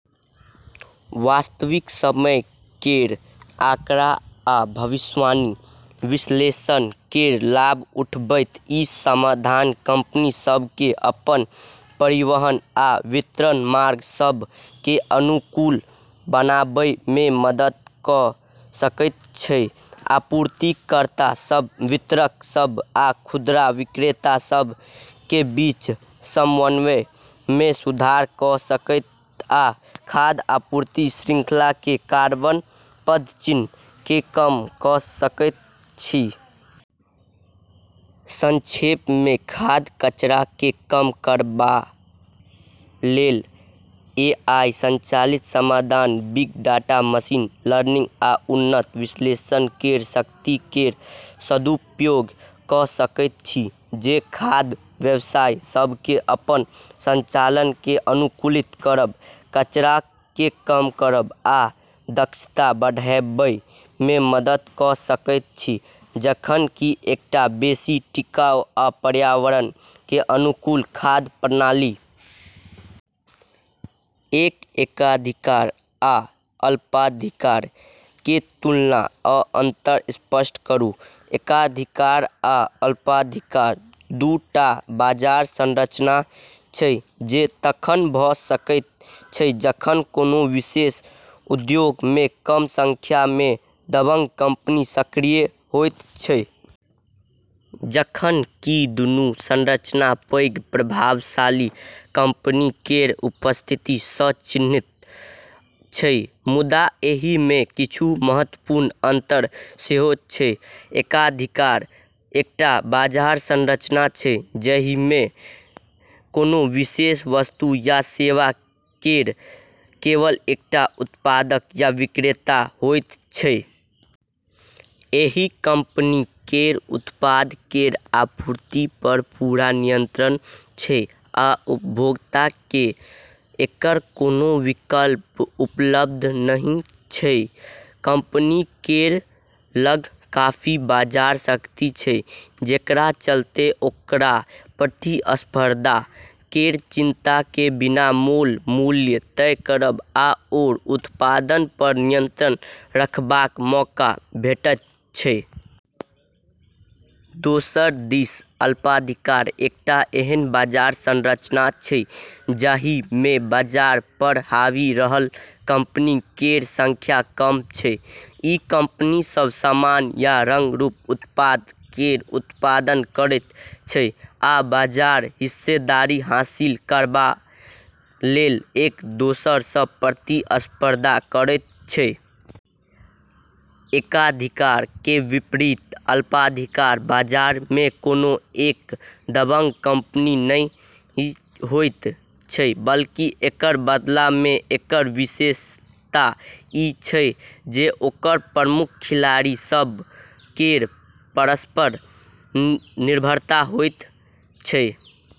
वास्तविक समय केर आँकड़ा आ भविष्यवाणी विश्लेषण केर लाभ उठबैत ई समाधान कंपनी सभ केँ अपन परिवहन आ वितरण मार्ग सभ केँ अनुकूल बनाबै मे मदद कऽ सकैत अछि, आपूर्तिकर्ता सभ, वितरक सभ आ खुदरा विक्रेता सभ केर बीच समन्वय मे सुधार कऽ सकैत अछि आ खाद्य आपूर्ति श्रृंखला केर कार्बन पदचिह्न केँ कम कऽ सकैत अछि। संक्षेप मे, खाद्य कचरा केँ कम करबा लेल एआई संचालित समाधान बिग डाटा, मशीन लर्निंग, आ उन्नत विश्लेषण केर शक्ति केर सदुपयोग कऽ सकैत अछि, जे खाद्य व्यवसाय सभ केँ अपन संचालन केँ अनुकूलित करब, कचरा केँ कम करब, आ दक्षता बढ़ाबै मे मदद कऽ सकैत अछि, जखन कि एकटा बेसि टिकाऊ आ पर्यावरण केर अनुकूल खाद्य प्रणाली। एक एकाधिकार आ अल्पाधिकार केर तुलना आ अंतर स्पष्ट करू। एकाधिकार आ अल्पाधिकार दू टा बाजार संरचना अछि जे तखन भऽ सकैत अछि जखन कोनो विशेष उद्योग मे कम संख्या मे दबंग कंपनी सक्रिय होइत अछि। जखन कि दुनू संरचना पैघ, प्रभावशाली कंपनी केर उपस्थिति सँ चिन्हित अछि, मुदा एहि मे किछु महत्वपूर्ण अंतर सेहो अछि। एकाधिकार एकटा बाजार संरचना अछि जाहि मे कोनो विशेष वस्तु या सेवा केर केवल एकटा उत्पादक या विक्रेता होइत अछि। एहि कंपनी केर उत्पाद केर आपूर्ति पर पूरा नियंत्रण अछि, आ उपभोक्ता केँ एकर कोनो विकल्प उपलब्ध नहि अछि। कंपनी केर लग काफी बाजार शक्ति अछि, जेकरा चलते ओकरा प्रतिस्पर्धा केर चिंता केँ बिना मोल मूल्य तय करब आओर उत्पादन पर नियंत्रण रखबाक मौका भेटैत छै। दोसर दिस अल्पाधिकार एकटा एहन बाजार संरचना अछि जाहि मे बाजार पर हावी रहल कंपनी केर संख्या कम अछि। ई कंपनी सभ समान या रंग-रूप उत्पाद केर उत्पादन करैत अछि आ बाजार हिस्सेदारी हासिल करबा लेल एक दोसरा सँ प्रतिस्पर्धा करैत अछि। एकाधिकार केर विपरीत अल्पाधिकार बाजार मे कोनो एक दबंग कंपनी नहि होइत अछि, बल्कि एकर बदला मे एकर विशेषता ई अछि जे ओकर प्रमुख खिलाड़ी सभ केर परस्पर निर्भरता होइत अछि।